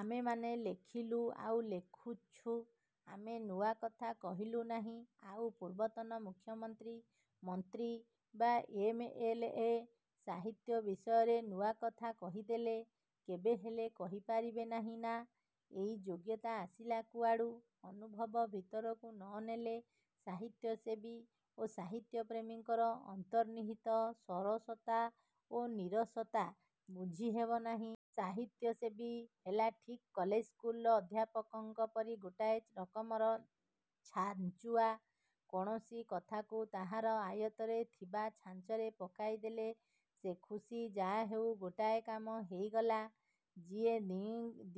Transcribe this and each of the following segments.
ଆମେମାନେ ଲେଖିଲୁ ଆଉ ଲେଖୁଛୁ। ଆମେ ନୂଆ କଥା କହିଲୁ ନାହିଁ। ଆଉ ପୂର୍ବତନ ମୁଖ୍ୟମନ୍ତ୍ରୀ, ମନ୍ତ୍ରୀ ବା ଏମ. ଏଲ. ଏ. ସାହିତ୍ୟ ବିଷୟରେ ନୂଆ କଥା କହିଦେଲେ? କେବେ ହେଲେ କହିପାରିବେ ନା? ଏଇ ଯୋଗ୍ୟତା ଆସିଲା କୁଆଡ଼ୁ? ଅନୁଭବ ଭିତରକୁ ନ ନେଲେ ସାହିତ୍ୟସେବୀ ଓ ସାହିତ୍ୟପ୍ରେମୀଙ୍କର ଅନ୍ତର୍ନିହିତ ସରସତା ଓ ନୀରସତା ବୁଝିହେବ ନାହିଁ। ସାହିତ୍ୟସେବୀ ହେଲା ଠିକ୍ କଲେଜ ସ୍କୁଲର ଅଧ୍ୟାପକଙ୍କ ପରି ଗୋଟାଏ ରକମର ଛାଞ୍ଚୁଆ। କୌଣସି କଥାକୁ ତାହାର ଆୟତ୍ତରେ ଥିବା ଛାଞ୍ଚରେ ପକାଇ ଦେଲେ ସେ ଖୁସି-ଯାହା ହେଉ ଗୋଟାଏ କାମ ହେଇଗଲା। ଯିଏ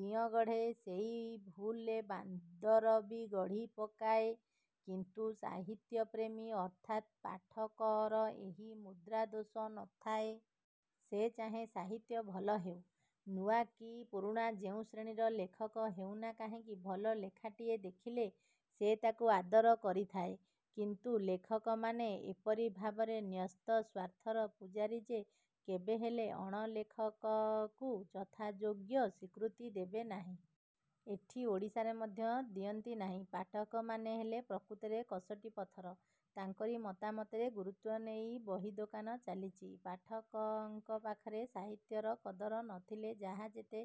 ଦିଅଁଗଢ଼େ ସେହି ଭୁଲରେ ବାନ୍ଦର ବି ଗଢ଼ି ପକାଏ। କିନ୍ତୁ ସାହିତ୍ୟପ୍ରେମୀ ଅର୍ଥାତ୍ ପାଠକର ଏହି ମୁଦ୍ରାଦୋଷ ନ ଥାଏ। ସେ ଚାହେଁ ସାହିତ୍ୟ ଭଲ ହେଉ। ନୂଆ କି ପୁରୁଣା ଯେଉଁ ଶ୍ରେଣୀର ଲେଖକ ହେଉ ନା କାହିଁକି ଭଲ ଲେଖାଟିଏ ଦେଖିଲେ ସେ ତାକୁ ଆଦର କରିଥାଏ। କିନ୍ତୁ ଲେଖକମାନେ ଏପରି ଭାବରେ ନ୍ୟସ୍ତ ସ୍ୱାର୍ଥର ପୂଜାରୀ ଯେ କେବେହେଲେ ଅଣଲେଖକକୁ ଯଥାଯୋଗ୍ୟ ସ୍ୱୀକୃତି ଦେବେ ନାହିଁ। ଏଠି ଓଡ଼ିଶାରେ ମଧ୍ୟ ଦିଅନ୍ତି ନାହିଁ। ପାଠକମାନେ ହେଲେ ପ୍ରକୃତରେ କଷଟି ପଥର। ତାଙ୍କରି ମତାମତରେ ଗୁରୁତ୍ୱ ନେଇ ବହିଦୋକାନ ଚାଲିଛି। ପାଠକଙ୍କ ପାଖରେ ସାହିତ୍ୟର କଦର ନ ଥିଲେ ଯାହା ଯେତେ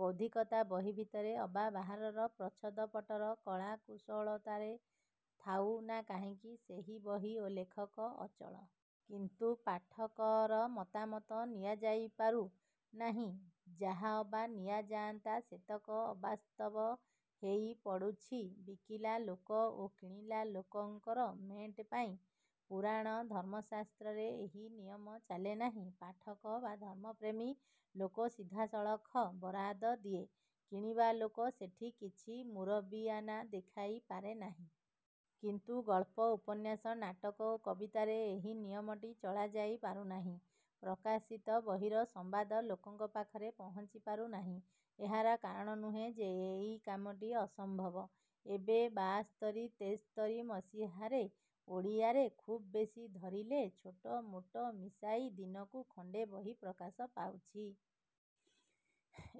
ବୌଦ୍ଧିକତା ବହି ଭିତରେ ଅବା ବାହାରର ପ୍ରଚ୍ଛଦପଟର କଳାକୁଶଳତାରେ ଥାଉ ନା କାହିଁକି ସେହି ବହି ଓ ଲେଖକ ଅଚଳ। କିନ୍ତୁ ପାଠକର ମତାମତ ନିଆଯାଇପାରୁ ନାହିଁ। ଯାହା ଅବା ନିଆ ଯାଆନ୍ତା ସେତକ ଅବାସ୍ତବ ହେଇ ପଡ଼ୁଛି ବିକିଲା ଲୋକ ଓ କିଣିଲା ଲୋକଙ୍କର ମେଣ୍ଟପାଇଁ। ପୁରାଣ ଧର୍ମଶାସ୍ତ୍ରରେ ଏହି ନିୟମ ଚାଲେ ନାହିଁ। ପାଠକ ବା ଧର୍ମପ୍ରେମୀ ଲୋକ ସିଧାସଳଖ ବରାଦ ଦିଏ। କିଣିବା ଲୋକ ସେଠି କିଛି ମୁରବିଆନା ଦେଖାଇ ପାରେ ନାହିଁ। କିନ୍ତୁ ଗଳ୍ପ, ଉପନ୍ୟାସ, ନାଟକ ଓ କବିତାରେ ଏହି ନିୟମଟି ଚଳାଯାଇ ପାରୁନାହିଁ। ପ୍ରକାଶିତ ବହିର ସମ୍ବାଦ ଲୋକଙ୍କ ପାଖରେ ପହଞ୍ଚିପାରୁ ନାହିଁ। ଏହାର କାରଣ ନୁହେଁ ଯେ ଏଇ କାମଟି ଅସମ୍ଭବ। ଏବେ ବାଆସ୍ତରୀ ତେସ୍ତରି ମସିହାରେ ଓଡ଼ିଆରେ ଖୁବ୍ ବେଶି ଧରିଲେ ଛୋଟ ମୋଟ ମିଶାଇ ଦିନକୁ ଖଣ୍ଡେ ବହି ପ୍ରକାଶ ପାଉଛି।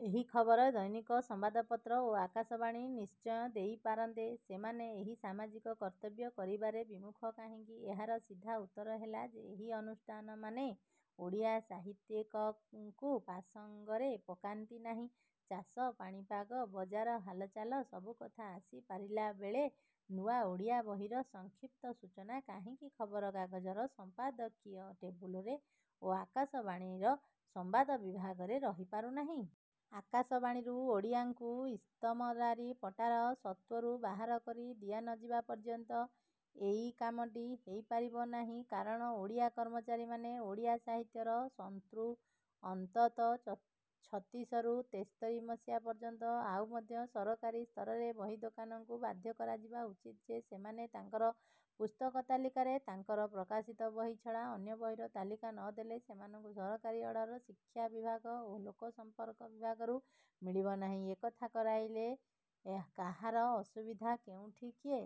ଏହି ଖବର ଦୈନିକ ସମ୍ବାଦପତ୍ର ଓ ଆକାଶବାଣୀ ନିଶ୍ଚୟ ଦେଇ ପାରନ୍ତେ। ସେମାନେ ଏହି ସାମାଜିକ କର୍ତ୍ତବ୍ୟ କରିବାରେ ବିମୁଖ କାହିଁକି? ଏହାର ସିଧା ଉତ୍ତର ହେଲା ଯେ ଏହି ଅନୁଷ୍ଠାନମାନେ ଓଡ଼ିଆ ସାହିତ୍ୟିକଙ୍କୁ ପାସଙ୍ଗରେ ପକାନ୍ତି ନାହିଁ। ଚାଷ, ପାଣିପାଗ, ବଜାର ହାଲଚାଲ ସବୁ କଥା ଆସି ପାରିଲା ବେଳେ ନୂଆ ଓଡ଼ିଆ ବହିର ସଂକ୍ଷିପ୍ତ ସୂଚନା କାହିଁକି ଖବରକାଗଜର ସଂପାଦକୀୟ ଟେବୁଲରେ ଓ ଆକାଶବାଣୀର ସମ୍ବାଦ ବିଭାଗରେ ରହିପାରୁ ନାହିଁ? ଆକାଶବାଣୀରୁ ଓଡ଼ିଆଙ୍କୁ ଇସ୍ତମରାରୀ ପଟାର ସତ୍ତ୍ୱରୁ ବାହାର କରି ଦିଆନଯିବା ପର୍ଯ୍ୟନ୍ତ ଏଇ କାମଟି ହେଇ ପାରିବ ନାହିଁ। କାରଣ ଓଡ଼ିଆ କର୍ମଚାରୀମାନେ ଓଡ଼ିଆ ସାହିତ୍ୟର ଶନ୍ତ୍ରୁ-ଅନ୍ତତ ଛତିଶରୁ ତେସ୍ତରି ମସିହା ପର୍ଯ୍ୟନ୍ତ। ଆଉ ମଧ୍ୟ ସରକାରୀ ସ୍ତରରେ ବହି ଦୋକାନମାନଙ୍କୁ ବାଧ୍ୟ କରାଯିବା ଉଚିତ୍ ଯେ ସେମାନେ ତାଙ୍କର ପୁସ୍ତକ ତାଲିକାରେ ତାଙ୍କର ପ୍ରକାଶିତ ବହି ଛଡ଼ା ଅନ୍ୟ ବହିର ତାଲିକା ନ ଦେଲେ ସେମାନଙ୍କୁ ସରକାରୀ ଅର୍ଡର ଶିକ୍ଷାବିଭାଗ ଓ ଲୋକସଂପର୍କ ବିଭାଗରୁ ମିଳିବ ନାହିଁ। ଏକଥା କରାଇଲେ କାହାର ଅସୁବିଧା କେଉଁଠି-କିଏ